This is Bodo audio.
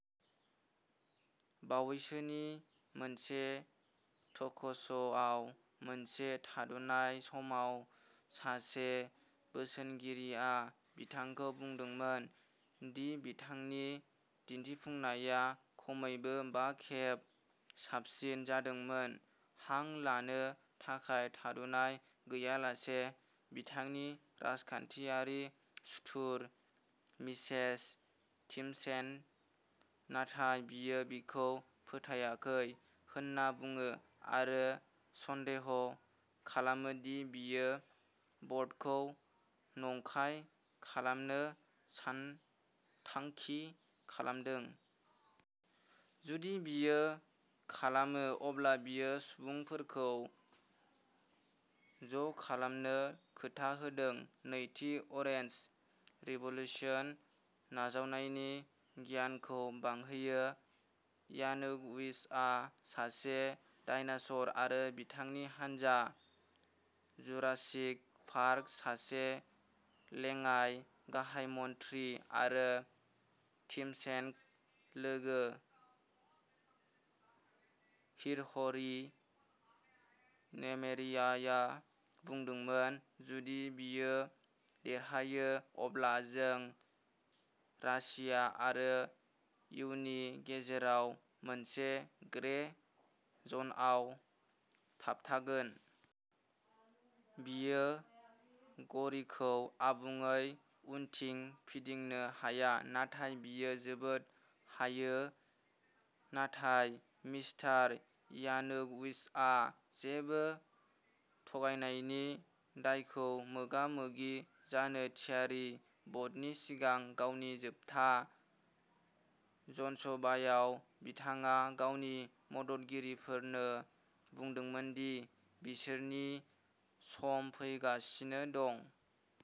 बावैसोनि मोनसे टक श'आव मोनसे थाद'नाय समाव, सासे बोसोनगिरिया बिथांखौ बुंदोंमोन दि बिथांनि दिन्थिफुंनाया खमैबो बा खेब "साबसिन" जादोंमोन, हां लानो थाखाय थाद'नाय गैयालासे। बिथांनि राजखान्थियारि सुथुर, मिसेस टिम'शेन्क', नाथाय, बियो बिखौ फोथायाखै होनना बुङो, आरो सन्देह खालामो दि बियो भटखौ नंखाय खालामनो सानथांखि खालामदों। जुदि बियो खालामो, अब्ला बियो सुबुंफोरखौ ज'खालामनो खोथा होदों, नैथि अरेन्ज रिभ'लिउसन नाजावनायनि गिनायखौ बांहोयो। "यानुक'विचआ सासे डायनास'र आरो बिथांनि हानजा जुरासिक पार्क", सासे लेङाइ गाहाय मन्थ्रि आरो टिम'शेन्क'लोगो ह्रिह'रि नेमेरियाया बुंदोंमोन। "जुदि बियो देरहायो अब्ला जों रासिया आरो इयुनि गेजेराव मोनसे ग्रे जनआव थाबथागोन। बियो घड़ीखौ आबुङै उनथिं फिदिंनो हाया नाथाय बियो जोबोद हायो। " नाथाय मिस्टार यानुक'विचआ जेबो थगायनायनि दायखौ मोगा-मोगि जानो थियारि। भटनि सिगां गावनि जोबथा जनसभायाव, बिथाङा गावनि मददगिरिफोरनो बुंदोंमोन दि बिसोरनि सम फैगासिनो दं।